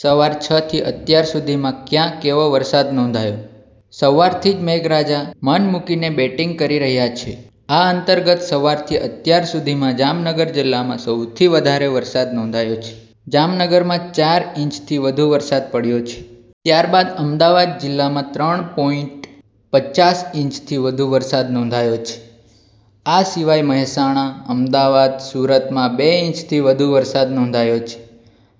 સવાર છ થી અત્યાર સુધીમાં ક્યાં કેવો વરસાદ નોંધાયો? સવારથી જ મેઘરાજા મનમુકીને બેટીંગ કરી રહ્યા છે. આ અંતર્ગત સવારથી અત્યાર સુધીમાં જામનગર જિલ્લામાં સૌથી વધારે વરસાદ નોંધાયો છે. જામનગરમાં ચાર ઈંચથી વધુ વરસાદ પડ્યો છે. ત્યારબાદ અમદાવાદ જિલ્લામાં ત્રણ પોઈંટ પચાસ ઈંચથી વધુ વરસાદ નોંધાયો છે. આ સિવાય મહેસાણા, અમદાવાદ, સુરતમાં બે ઈંચથી વધુ વરસાદ નોંધાયો છે.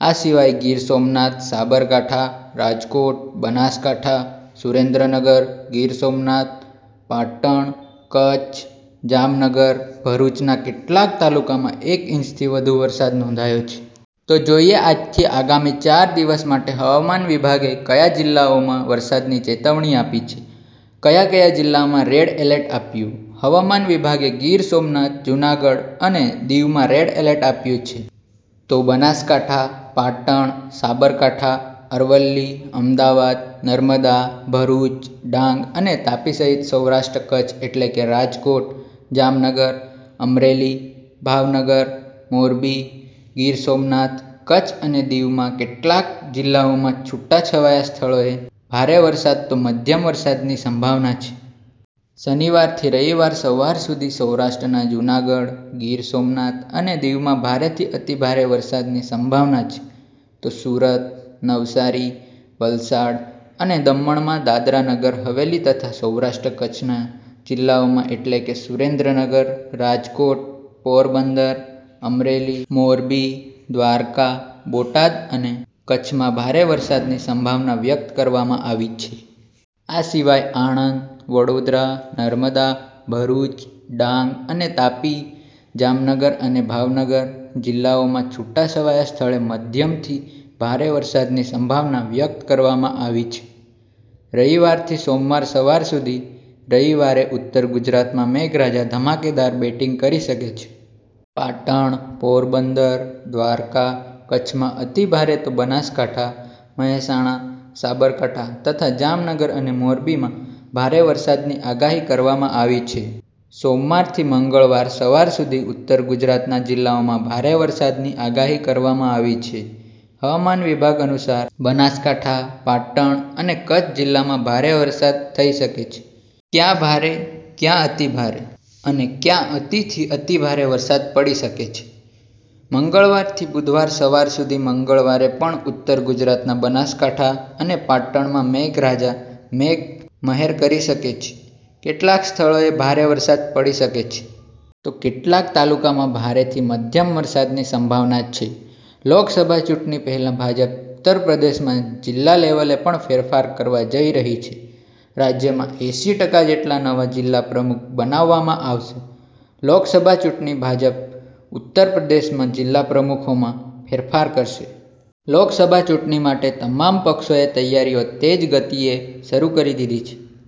આ સિવાય ગીર સોમનાથ, સાબરકાંઠા, રાજકોટ, બનાસકાંઠા, સુરેનદ્રનગર, ગીર સોમનાથ, પાટણ, કચ્છ, જામનગર, ભરૂચના કેટલાક તાલુકામાં એક ઈંચથી વધુ વરસાદ નોંધાયો છે. તો જોઈએ આજથી આગામી ચાર દિવસ માટે હવામાન વિભાગે કયા જિલ્લાઓમાં વરસાદની ચેતવણી આપી છે. ક્યા કયા જિલ્લામાં રેડ એલર્ટ આપ્યું? હવામાન વિભાગે ગીર સોમનાથ, જુનાગઢ અને દિવમાં રેડ એલર્ટ આપ્યું છે. તો બનાસકાંઠા, પાટણ, સાબરકાંઠા, અરવલ્લી, અમદાવાદ, નર્મદા, ભરૂચ, ડાંગ અને તાપી સહિત સૌરાષ્ટ્ર- કચ્છ એટલે કે રાજકોટ, જામનગર, અમરેલી, ભાવનગર, મોરબી, ગીર સોમનાથ, કચ્છ અને દીવમાં કેટલાક જિલ્લાઓમાં છૂટાછવાયા સ્થળોએ ભારે વરસાદ તો મધ્યમ વરસાદની સંભાવના છે. શનિવારથી રવિવાર સવાર સુધી સૌરાષ્ટ્રના જુનાગઢ, ગીર સોમનાથ અને દીવમાં ભારેથી અતિભારે વરસાદની સંભાવના છે. તો સુરત, નવસારી, વલસાડ અને દમણમાં, દાદરા નગર હવેલી તથા સૌરાષ્ટ્ર-કચ્છના જિલ્લાઓમાં એટલે કે સુરેન્દ્રનગર, રાજકોટ, પોરબંદર, અમરેલી, મોરબી, દ્વારકા, બોટાદ અને કચ્છમાં ભારે વરસાદની સંભાવના વ્યક્ત કરવામાં આવી છે. આ સિવાય આણંદ, વડોદરા, નર્મદા, ભરૂચ, ડાંગ અને તાપી, જામનગર અને ભાવનગર જિલ્લાઓમાં છૂટાછવાયા સ્થળે મધ્યમથી ભારે વરસાદની સંભાવના વ્યક્ત કરવામાં આવી છે. રવિવારથી સોમવાર સવાર સુધી રવિવારે ઉત્તર ગુજરાતમાં મેઘરાજા ધમાકેદાર બેટીંગ કરી શકે છે. પાટણ, પોરબંદર, દ્વારકા, કચ્છમાં અતિભારે તો બનાસકાંઠા, મહેસાણા, સાબરકાંઠા તથા જામનગર અને મોરબીમાં ભારે વરસાદની આગાહી કરવામાં આવી છે. સોમવારથી મંગળવાર સવાર સુધી ઉત્તર ગુજરાતના જિલ્લાઓમાં ભારે વરસાદની આગાહી કરવામાં આવી છે. હવામાન વિભાગ અનુસાર, બનાસકાંઠા, પાટણ અને કચ્છ જિલ્લામાં ભારે વરસાદ થઈ શકે છે. ક્યાં ભારે, ક્યાં અતિભારે અને ક્યાં અતિથી અતિભારે વરસાદ પડી શકે છે? મંગળવારથી બુધવાર સવાર સુધી મંગળવારે પણ ઉત્તર ગુજરાતના બનાસકાંઠા અને પાટણમાં મેઘરાજા મેઘ મહેર કરી શકે છે. કેટલાક સ્થળોએ ભારે વરસાદ પડી શકે છે. તો કેટલાક તાલુકામાં ભારેથી મધ્યમ વરસાદની સંભાવના છે. લોકસભા ચૂંટણી પહેલા ભાજપ ઉત્તર પ્રદેશમાં જિલ્લા લેવલે પણ ફેરફાર કરવા જઈ રહી છે. રાજ્યમાં એંસી ટકા જેટલા નવા જિલ્લા પ્રમુખ બનાવવામાં આવશે. લોકસભા ચૂંટણી – ભાજપ ઉત્તર પ્રદેશમાં જિલ્લા પ્રમુખોમાં ફેરફાર કરશે. લોકસભા ચૂંટણી માટે તમામ પક્ષોએ તૈયારીઓ તેજ ગતિએ શરૂ કરી દીધી છે.